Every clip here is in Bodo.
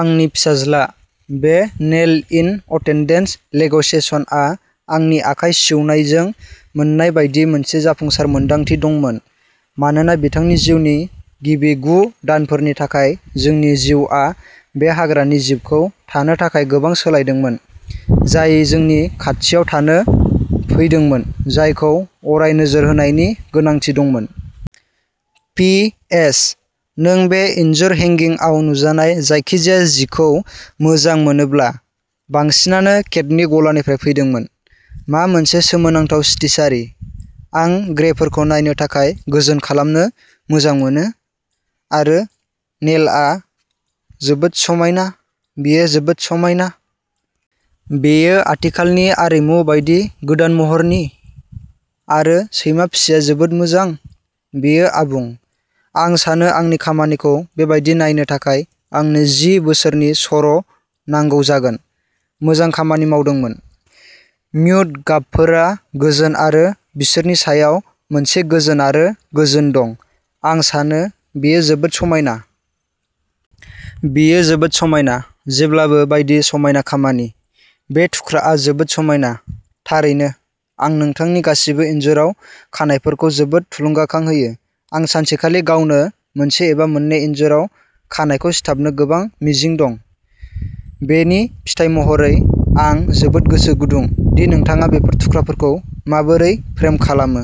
आंनि फिसाज्ला, बे नेल-इन-अटेन्डेन्स लेग'सेसनआ आंनि आखाइ सिउनायजों मोननाय बायदि मोनसे जाफुंसार मोन्दांथि दंमोन, मानोना बिथांनि जिउनि गिबि गु दानफोरनि थाखाय जोंनि जिउआ बे हाग्रानि जिबखौ थानो थाखाय गोबां सोलायदोंमोन, जाय जोंनि खाथियाव थानो फैदोंमोन, जायखौ अराय नोजोर होनायनि गोनांथि दंमोन। पि. एस. नों बे इनजुर हेंगिंआव नुजानाय जायखिजाया जिखौ मोजां मोनोब्ला, बांसिनानो केटनि गलानिफ्राय फैदोंमोन। मा मोनसे सोमोनांथाव स्टिचारि। आं ग्रेफोरखौ नायनो थाखाय गोजोन खालामनो मोजां मोनो। आरो नेलआ जोबोद समायना। बेयो जोबोद समायना। बेयो आथिखालनि आरिमु बायदि गोदान महरनि। आरो सैमा फिसाया जोबोद मोजां। बेयो आबुं। आं सानो आंनि खामानिखौ बेबायदि नायनो थाखाय आंनो जि बोसोरनि सर' नांगौ जागोन। मोजां खामानि मावदोंमोन। म्युट गाबफोरा गोजोन आरो बिसोरनि सायाव मोनसे गोजोन आरो गोजोन दं, आं सानो बेयो जोबोद समायना। बेयो जोबोद समायना। जेब्लाबो बायदि समायना खामानि। बे थुख्राआ जोबोद समायना। थारैनो, आं नोंथांनि गासिबो इनजुराव खानायफोरखौ जोबोद थुलुंगाखां होयो। आं सानसेखालि गावनो मोनसे एबा मोननै इनजुराव खानायखौ सिथाबनो गोबां मिजिं दं। बेनि फिथाय महरै, आं जोबोद गोसो गुदुं दि नोंथाङा बेफोर थुख्राफोरखौ माबोरै फ्रेम खालामो।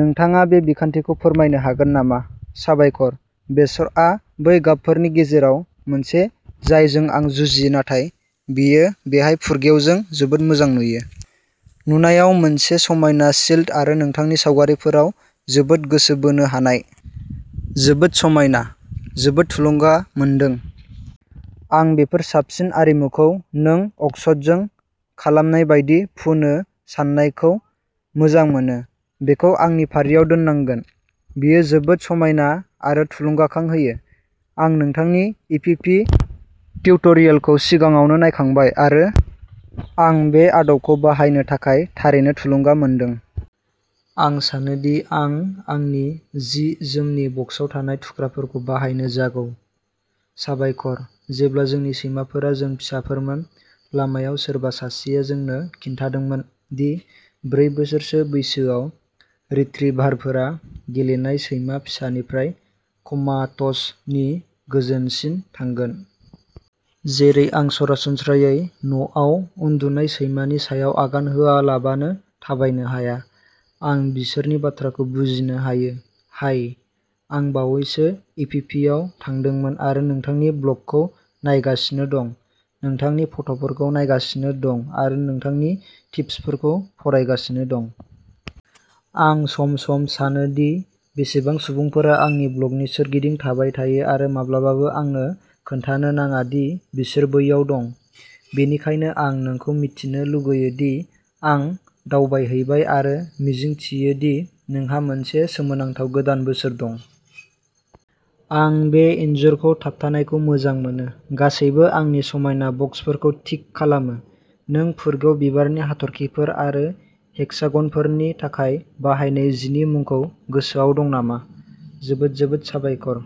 नोंथाङा बे बिखान्थिखौ फोरमायनो हागोन नामा? साबायखर, बेसरआ बै गाबफोरनि गेजेराव मोनसे जायजों आं जुजियो नाथाय बेयो बेहाय फुरगेवजों जोबोद मोजां नुयो। नुनायाव मोनसे समायना सिल्ट आरो नोंथांनि सावगारिफोराव जोबोद गोसो बोनो हानाय, जोबोद समायना, जोबोद थुलुंगा मोनदों। आं बेफोर साबसिन आरिमुखौ नों अक्सटजों खालामनाय बायदि फुनो साननायखौ मोजां मोनो। बेखौ आंनि फारियाव दोननांगोन, बेयो जोबोद समायना आरो थुलुंगाखां होयो। आं नोंथांनि इपिपि टिउटरियेलखौ सिगाङावनो नायखांबाय आरो आं बे आदबखौ बाहायनो थाखाय थारैनो थुलुंगा मोनदों। आं सानो दि आं आंनि जि-जोमनि बक्साव थानाय थुख्राफोरखौ बाहायनो जागौ। साबायखर। जेब्ला जोंनि सैमाफोरा जों फिसाफोरमोन, लामायाव सोरबा सासेआ जोंनो खिन्थादोंमोन दि ब्रै बोसोरसो बैसोआव, रिट्रीभारफोरा गेलेनाय सैमा फिसानिफ्राय कमात'ज नि गोजोनसिम थांगोन। जेरै आं सरासनस्रायै न'आव उन्दुनाय सैमानि सायाव आगान होआलाबानो थाबायनो हाया, आं बिसोरनि बाथ्राखौ बुजिनो हायो। हाय, आं बावैसो इपिपिआव थांदोंमोन आरो नोंथांनि ब्लगखौ नायगासिनो दं, नोंथांनि फट'फोरखौ नायगासिनो दं आरो नोंथांनि टिप्सफोरखौ फरायगासिनो दं। आं सम सम सानो दि बेसेबां सुबुंफोरा आंनि ब्लगनि सोरगिदिं थाबाय थायो आरो माब्लाबाबो आंनो खोन्थानो नाङा दि बिसोर बैयाव दं, बेनिखायनो आं नोंखौ मिथिनो लुगैयो दि आं दावबायहैबाय आरो मिजिंथियो दि नोंहा मोनसे सोमोनांथाव गोदान बोसोर दं। आं बे इनजुरखौ थाबथानायखौ मोजां मोनो। गासैबो आंनि समायना बक्सफोरखौ टिक खालामो, नों फुरगेव बिबारनि हाथरखिफोर आरो हेक्सागनफोरनि थाखाय बाहायनाय जिनि मुंखौ गोसोआव दं नामा? जोबोद जोबोद साबायखर।